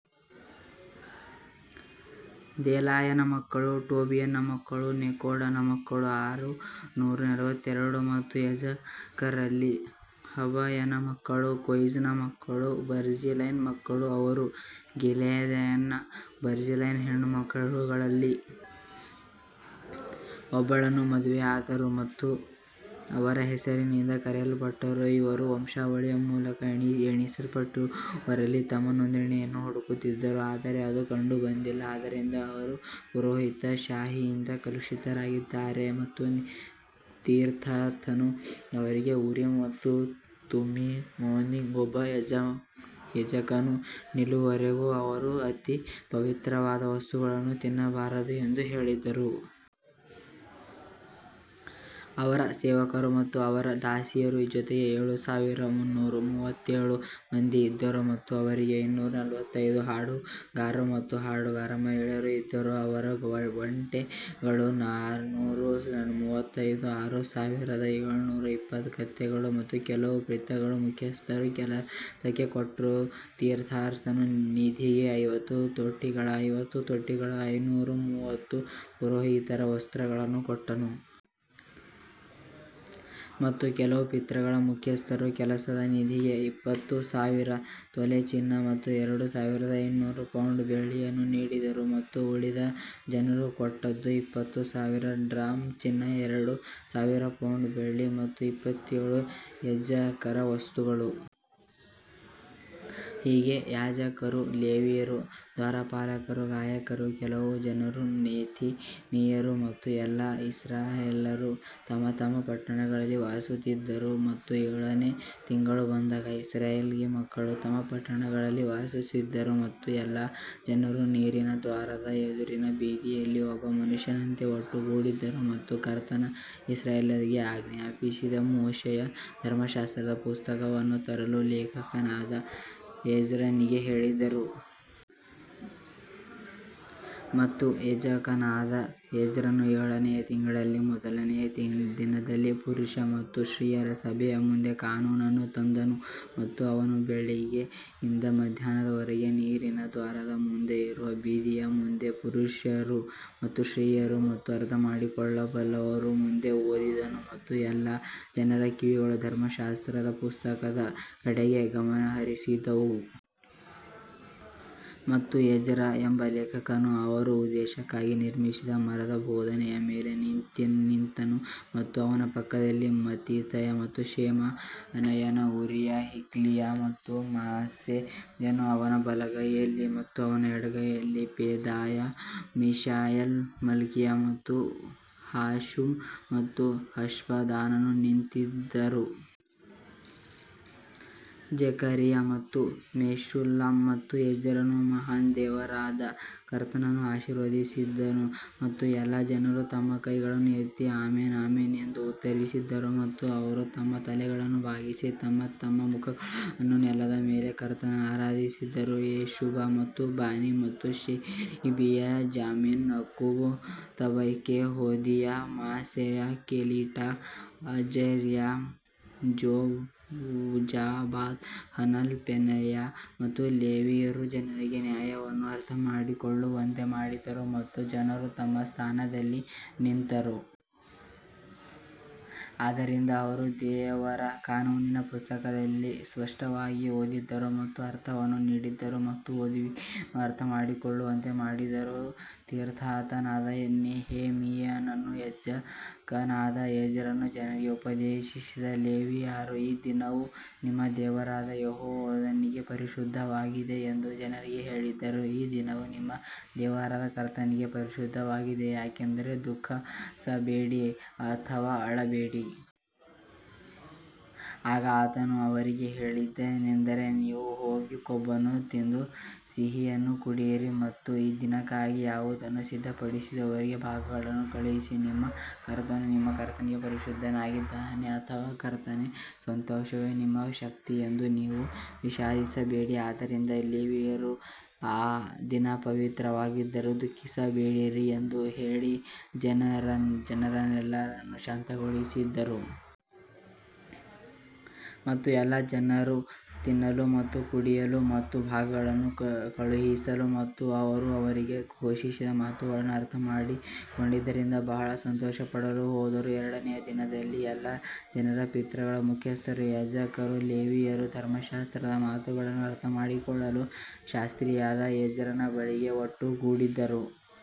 ದೆಲಾಯನ ಮಕ್ಕಳು ಟೋಬೀಯನ ಮಕ್ಕಳು ನೆಕೋಡನ ಮಕ್ಕಳು ಆರುನೂರ ನಲವತ್ತೆರಡು ಮತ್ತು ಯಾಜಕರಲ್ಲಿ ಹಬಯನ ಮಕ್ಕಳು, ಕೋಜ್ನ ಮಕ್ಕಳು ಬರ್ಜಿಲ್ಲೈನ ಮಕ್ಕಳು, ಅವರು ಗಿಲ್ಯಾದ್ಯನಾದ ಬರ್ಜಿಲ್ಲೈನ ಹೆಣ್ಣುಮಕ್ಕಳಲ್ಲಿ ಒಬ್ಬಳನ್ನು ಮದುವೆಯಾದರು ಮತ್ತು ಅವರ ಹೆಸರಿನಿಂದ ಕರೆಯಲ್ಪಟ್ಟರು. ಇವರು ವಂಶಾವಳಿಯ ಮೂಲಕ ಎಣಿಸಲ್ಪಟ್ಟವರಲ್ಲಿ ತಮ್ಮ ನೋಂದಣಿಯನ್ನು ಹುಡುಕಿದರು ಆದರೆ ಅದು ಕಂಡುಬಂದಿಲ್ಲ ಆದ್ದರಿಂದ ಅವರು ಪುರೋಹಿತಶಾಹಿಯಿಂದ ಕಲುಷಿತರಾಗಿದ್ದಾರೆ ಮತ್ತು ತಿರ್ಷಾಥನು ಅವರಿಗೆ, ಊರಿಮ್ ಮತ್ತು ತುಮ್ಮಿಮ್ನೊಂದಿಗೆ ಒಬ್ಬ ಯಾಜಕನು ನಿಲ್ಲುವವರೆಗೂ ಅವರು ಅತಿ ಪವಿತ್ರವಾದ ವಸ್ತುಗಳನ್ನು ತಿನ್ನಬಾರದು ಎಂದು ಹೇಳಿದರು. ಅವರ ಸೇವಕರು ಮತ್ತು ಅವರ ದಾಸಿಯರ ಜೊತೆಗೆ ಏಳು ಸಾವಿರದ ಮುನ್ನೂರ ಮೂವತ್ತೇಳು ಮಂದಿ ಇದ್ದರು ಮತ್ತು ಅವರಿಗೆ ಇನ್ನೂರ ನಲವತ್ತೈದು ಹಾಡುಗಾರರು ಮತ್ತು ಹಾಡುಗಾರ ಮಹಿಳೆಯರು ಇದ್ದರು. ಅವರ ಒಂಟೆಗಳು ನಾನೂರ ಮೂವತ್ತೈದು ಆರು ಸಾವಿರದ ಏಳುನೂರ ಇಪ್ಪತ್ತು ಕತ್ತೆಗಳು ಮತ್ತು ಕೆಲವು ಪಿತೃಗಳ ಮುಖ್ಯಸ್ಥರು ಕೆಲಸಕ್ಕೆ ಕೊಟ್ಟರು, ತಿರ್ಷಾಥನು ನಿಧಿಗೆ ಐವತ್ತು ತೊಟ್ಟಿಗಳ ಐವತ್ತು ತೊಟ್ಟಿಗಳ ಐನೂರ ಮೂವತ್ತು ಪುರೋಹಿತರ ವಸ್ತ್ರಗಳನ್ನು ಕೊಟ್ಟನು. ಮತ್ತು ಕೆಲವು ಪಿತೃಗಳ ಮುಖ್ಯಸ್ಥರು ಕೆಲಸದ ನಿಧಿಗೆ ಇಪ್ಪತ್ತು ಸಾವಿರ ತೊಲೆ ಚಿನ್ನ ಮತ್ತು ಎರಡು ಸಾವಿರದ ಇನ್ನೂರು ಪೌಂಡ್ ಬೆಳ್ಳಿಯನ್ನು ನೀಡಿದರು. ಮತ್ತು ಉಳಿದ ಜನರು ಕೊಟ್ಟದ್ದು ಇಪ್ಪತ್ತು ಸಾವಿರ ದ್ರಾಮ್ ಚಿನ್ನ ಮತ್ತು ಎರಡು ಸಾವಿರ ಪೌಂಡ್ ಬೆಳ್ಳಿ ಮತ್ತು ಎಪ್ಪತ್ತೇಳು ಯಾಜಕರ ವಸ್ತ್ರಗಳು. ಹೀಗೆ ಯಾಜಕರು, ಲೇವಿಯರು, ದ್ವಾರಪಾಲಕರು, ಗಾಯಕರು, ಕೆಲವು ಜನರು, ನೆಥಿನಿಯರು ಮತ್ತು ಎಲ್ಲಾ ಇಸ್ರಾಯೇಲ್ಯರು ತಮ್ಮ ತಮ್ಮ ಪಟ್ಟಣಗಳಲ್ಲಿ ವಾಸಿಸುತ್ತಿದ್ದರು ಮತ್ತು ಏಳನೇ ತಿಂಗಳು ಬಂದಾಗ ಇಸ್ರಾಯೇಲ್ ಮಕ್ಕಳು ತಮ್ಮ ಪಟ್ಟಣಗಳಲ್ಲಿ ವಾಸಿಸುತ್ತಿದ್ದರು. ಮತ್ತು ಎಲ್ಲಾ ಜನರು ನೀರಿನ ದ್ವಾರದ ಎದುರಿನ ಬೀದಿಯಲ್ಲಿ ಒಬ್ಬ ಮನುಷ್ಯನಂತೆ ಒಟ್ಟುಗೂಡಿದರು ಮತ್ತು ಕರ್ತನು ಇಸ್ರಾಯೇಲ್ಯರಿಗೆ ಆಜ್ಞಾಪಿಸಿದ ಮೋಶೆಯ ಧರ್ಮಶಾಸ್ತ್ರದ ಪುಸ್ತಕವನ್ನು ತರಲು ಲೇಖಕನಾದ ಎಜ್ರನಿಗೆ ಹೇಳಿದರು. ಮತ್ತು ಯಾಜಕನಾದ ಎಜ್ರನು ಏಳನೆಯ ತಿಂಗಳಿನ ಮೊದಲನೆಯ ದಿನದಲ್ಲಿ ಪುರುಷ ಮತ್ತು ಸ್ತ್ರೀಯರ ಸಭೆಯ ಮುಂದೆ ಕಾನೂನನ್ನು ತಂದನು. ಮತ್ತು ಅವನು ಬೆಳಿಗ್ಗೆಯಿಂದ ಮಧ್ಯಾಹ್ನದವರೆಗೆ ನೀರಿನ ದ್ವಾರದ ಮುಂದೆ ಇರುವ ಬೀದಿಯ ಮುಂದೆ ಪುರುಷರು ಮತ್ತು ಸ್ತ್ರೀಯರು ಮತ್ತು ಅರ್ಥಮಾಡಿಕೊಳ್ಳಬಲ್ಲವರ ಮುಂದೆ ಓದಿದನು ಮತ್ತು ಎಲ್ಲಾ ಜನರ ಕಿವಿಗಳು ಧರ್ಮಶಾಸ್ತ್ರದ ಪುಸ್ತಕದ ಕಡೆಗೆ ಗಮನಹರಿಸಿದವು. ಮತ್ತು ಎಜ್ರ ಎಂಬ ಲೇಖಕನು ಅವರು ಉದ್ದೇಶಕ್ಕಾಗಿ ನಿರ್ಮಿಸಿದ ಮರದ ಬೋಧನೆಯ ಮೇಲೆ ನಿಂತನು ಮತ್ತು ಅವನ ಪಕ್ಕದಲ್ಲಿ ಮತ್ತಿಥಿಯ ಮತ್ತು ಶೆಮಾ, ಅನಯ, ಉರೀಯ, ಹಿಲ್ಕೀಯ ಮತ್ತು ಮಾಸೇಯನು ಅವನ ಬಲಗೈಯಲ್ಲಿ ಮತ್ತು ಅವನ ಎಡಗೈಯಲ್ಲಿ ಪೆದಾಯ, ಮಿಶಾಯೇಲ್, ಮಲ್ಕೀಯ ಮತ್ತು ಹಾಶುಮ್ ಮತ್ತು ಹಷ್ಬದಾನನು ನಿಂತಿದ್ದರು. ಜೆಕರಿಯಾ ಮತ್ತು ಮೆಶುಲ್ಲಾಮ್ ಮತ್ತು ಎಜ್ರನು ಮಹಾನ್ ದೇವರಾದ ಕರ್ತನನ್ನು ಆಶೀರ್ವದಿಸಿದನು ಮತ್ತು ಎಲ್ಲಾ ಜನರು ತಮ್ಮ ಕೈಗಳನ್ನು ಎತ್ತಿ ಆಮೆನ್ ಆಮೆನ್ ಎಂದು ಉತ್ತರಿಸಿದರು ಮತ್ತು ಅವರು ತಮ್ಮ ತಲೆಗಳನ್ನು ಬಾಗಿಸಿ ಮತ್ತು ತಮ್ಮ ಮುಖಗಳನ್ನು ನೆಲದ ಮೇಲೆ ಕರ್ತನನ್ನು ಆರಾಧಿಸಿದರು. ಯೆಷುವಾ ಮತ್ತು ಬಾನಿ ಮತ್ತು Sherebiah Jamin Akkub Shabbethai Hodiah Maaseiah Kelita Azariah Jozabad Hanan Pelaiah ಮತ್ತು ಲೇವಿಯರು ಜನರಿಗೆ ನ್ಯಾಯವನ್ನು ಅರ್ಥಮಾಡಿಕೊಳ್ಳುವಂತೆ ಮಾಡಿದರು ಮತ್ತು ಜನರು ತಮ್ಮ ಸ್ಥಾನದಲ್ಲಿ ನಿಂತರು. ಆದ್ದರಿಂದ ಅವರು ದೇವರ ಕಾನೂನಿನ ಪುಸ್ತಕದಲ್ಲಿ ಸ್ಪಷ್ಟವಾಗಿ ಓದಿದರು ಮತ್ತು ಅರ್ಥವನ್ನು ನೀಡಿದರು ಮತ್ತು ಓದುವಿಕೆಯನ್ನು ಅರ್ಥಮಾಡಿಕೊಳ್ಳುವಂತೆ ಮಾಡಿದರು ತಿರ್ಷಾತನಾದ ನೆಹೆಮೀಯನೂ ಯಾಜಕನಾದ ಎಜ್ರನೂ ಜನರಿಗೆ ಉಪದೇಶಿಸಿದ ಲೇವಿಯರೂ ಈ ದಿನವು ನಿಮ್ಮ ದೇವರಾದ ಯೆಹೋವನಿಗೆ ಪರಿಶುದ್ಧವಾಗಿದೆ ಎಂದು ಜನರಿಗೆ ಹೇಳಿದರು, ಈ ದಿನವು ನಿಮ್ಮ ದೇವರಾದ ಕರ್ತನಿಗೆ ಪರಿಶುದ್ಧವಾಗಿದೆ, ಯಾಕಂದರೆ ದುಃಖಿಸಬೇಡಿ ಅಥವಾ ಅಳಬೇಡಿ. ಆಗ ಆತನು ಅವರಿಗೆ ಹೇಳಿದ್ದೇನಂದರೆ, ನೀವು ಹೋಗಿ ಕೊಬ್ಬನ್ನು ತಿಂದು ಸಿಹಿಯನ್ನು ಕುಡಿಯಿರಿ ಮತ್ತು ಈ ದಿನಕ್ಕಾಗಿ ಯಾವುದನ್ನೂ ಸಿದ್ಧಪಡಿಸದವರಿಗೆ ಭಾಗಗಳನ್ನು ಕಳುಹಿಸಿ ನಮ್ಮ ಕರ್ತನು ನಮ್ಮ ಕರ್ತನಿಗೆ ಪರಿಶುದ್ಧನಾಗಿದ್ದಾನೆ ಅಥವಾ ಕರ್ತನ ಸಂತೋಷವೇ ನಿಮ್ಮ ಶಕ್ತಿ ಎಂದು ನೀವು ವಿಷಾದಿಸಬೇಡಿ. ಆದ್ದರಿಂದ ಲೇವಿಯರು ಆ ದಿನ ಪವಿತ್ರವಾಗಿದ್ದರೂ ದುಃಖಿಸಬೇಡಿರಿ ಎಂದು ಹೇಳಿ ಜನರೆಲ್ಲರನ್ನು ಶಾಂತಗೊಳಿಸಿದರು. ಮತ್ತು ಎಲ್ಲಾ ಜನರು ತಿನ್ನಲು ಮತ್ತು ಕುಡಿಯಲು ಮತ್ತು ಭಾಗಗಳನ್ನು ಕಳುಹಿಸಲು ಮತ್ತು ಅವರು ಅವರಿಗೆ ಘೋಷಿಸಿದ ಮಾತುಗಳನ್ನು ಅರ್ಥಮಾಡಿಕೊಂಡಿದ್ದರಿಂದ ಬಹಳ ಸಂತೋಷಪಡಲು ಹೋದರು. ಎರಡನೆಯ ದಿನದಲ್ಲಿ ಎಲ್ಲಾ ಜನರ ಪಿತೃಗಳ ಮುಖ್ಯಸ್ಥರೂ ಯಾಜಕರೂ ಲೇವಿಯರೂ ಧರ್ಮಶಾಸ್ತ್ರದ ಮಾತುಗಳನ್ನು ಅರ್ಥಮಾಡಿಕೊಳ್ಳಲು ಶಾಸ್ತ್ರಿಯಾದ ಎಜ್ರನ ಬಳಿಗೆ ಒಟ್ಟುಗೂಡಿದರು.